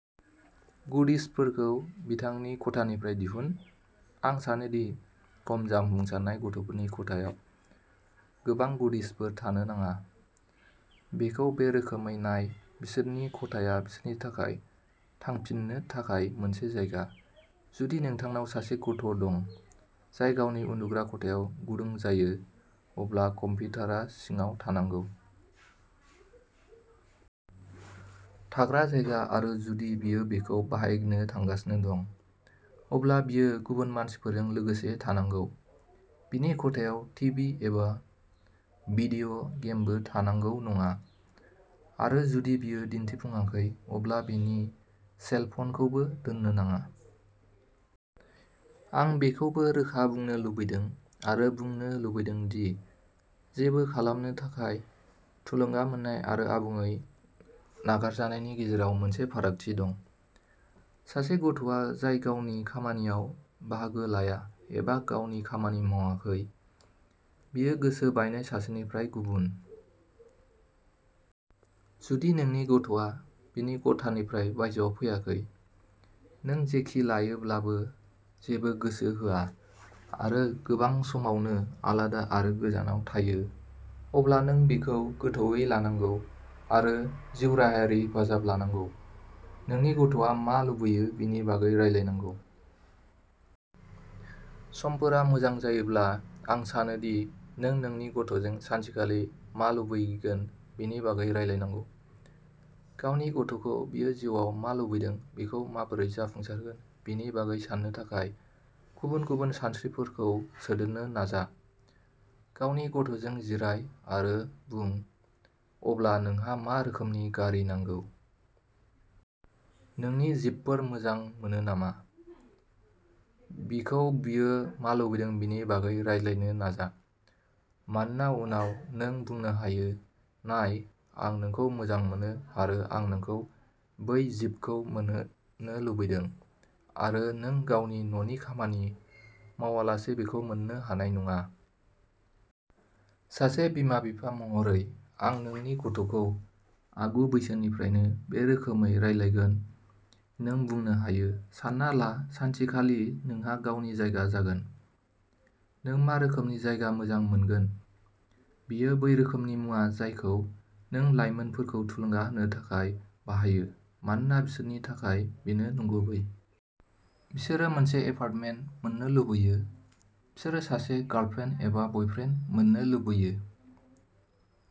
गुडिजफोरखौ बिथांनि खथानिफ्राय दिहुन। आं सानो दि खम जाफुंसारनाय गथ'फोरनि खथायाव गोबां गुडिजफोर थानो नाङा। बेखौ बे रोखोमै नाय बिसोरनि खथाया बिसोरनि थाखाय थांफिननो थाखाय मोनसे जायगा। जुदि नोंथांनाव सासे गथ' दं जाय गावनि उन्दुग्रा खथायाव गुदुं जायो, अब्ला कम्पिउटारआ सिङाव थानांगौ। थाग्रा जायगा आरो जुदि बियो बेखौ बाहायनो थांगासिनो दं, अब्ला बियो गुबुन मानसिफोरजों लोगोसे थानांगौ। बिनि खथायाव टिभि एबा भिडिय' गेमबो थानांगौ नङा, आरो जुदि बियो दिन्थिफुङाखै, अब्ला बिनि सेल फनखौबो दोननो नाङा। आं बेखौबो रोखा बुंनो लुबैदों आरो बुंनो लुबैदों दि जेबो खालामनो थाखाय थुलुंगा मोन्नाय आरो आबुङै नागारजानायनि गेजेराव मोनसे फारागथि दं। सासे गथ'आ जाय गावनि खामानियाव बाहागो लाया एबा गावनि खामानि मावाखै, बियो गोसो बायनाय सासेनिफ्राय गुबुन। जुदि नोंनि गथ'आ बिनि खथानिफ्राय बायजोआव फैयाखै, नों जेखि लायोब्लाबो जेबो गोसो होआ, आरो गोबां समावनो आलादा आरो गोजानाव थायो, अब्ला नों बेखौ गोथौवै लानांगौ आरो जिउ राहायारि हेफाजाब लानांगौ। नोंनि गथ'आ मा लुबैयो बेनि बागै रायलायनांगौ। समफोरा मोजां जायोब्ला, आं सानो दि नों नोंनि गथ'जों सानसेखालि मा लुबैगोन बेनि बागै रायलायनांगौ। गावनि गथ'खौ बियो जिउआव मा लुबैदों बेखौ माबोरै जाफुंसारगोन बेनि बागै साननो थाखाय गुबुन-गुबुन सानस्रिफोरखौ सोदेरनो नाजा। गावनि गथ'जों जिराय आरो बुं अब्ला नोंहा मा रोखोमनि गारि नांगौ? नोंनो जिपफोर मोजां मोनो नामा? बिखौ बियो मा लुबैदों बेनि बागै रायज्लायनो नाजा। मानोना उनाव नों बुंनो हायो, नाय, आं नोंखौ मोजां मोनो आरो आं नोंखौ बै जिपखौ मोनहोनो लुबैदों आरो नों गावनि न'नि खामानि मावालासे बेखौ मोन्नो हानाय नङा। सासे बिमा-बिफा महरै, आं नोंनि गथ'खौ आगु-बैसोनिफ्रायनो बे रोखोमै रायलायगोन। नों बुंनो हायो, सानना ला, सानसेखालि नोंहा गावनि जायगा जागोन। नों मा रोखोमनि जायगा मोजां मोनगोन? बेयो बै रोखोमनि मुवा जायखौ नों लायमोनफोरखौ थुलुंगा होनो थाखाय बाहायो मानोना बिसोरनि थाखाय बेनो नंगुबै। बिसोरो मोनसे एपार्टमेन्ट मोन्नो लुबैयो, बिसोरो सासे गार्लफ्रेन्ड एबा बयफ्रेन्ड मोन्नो लुबैयो।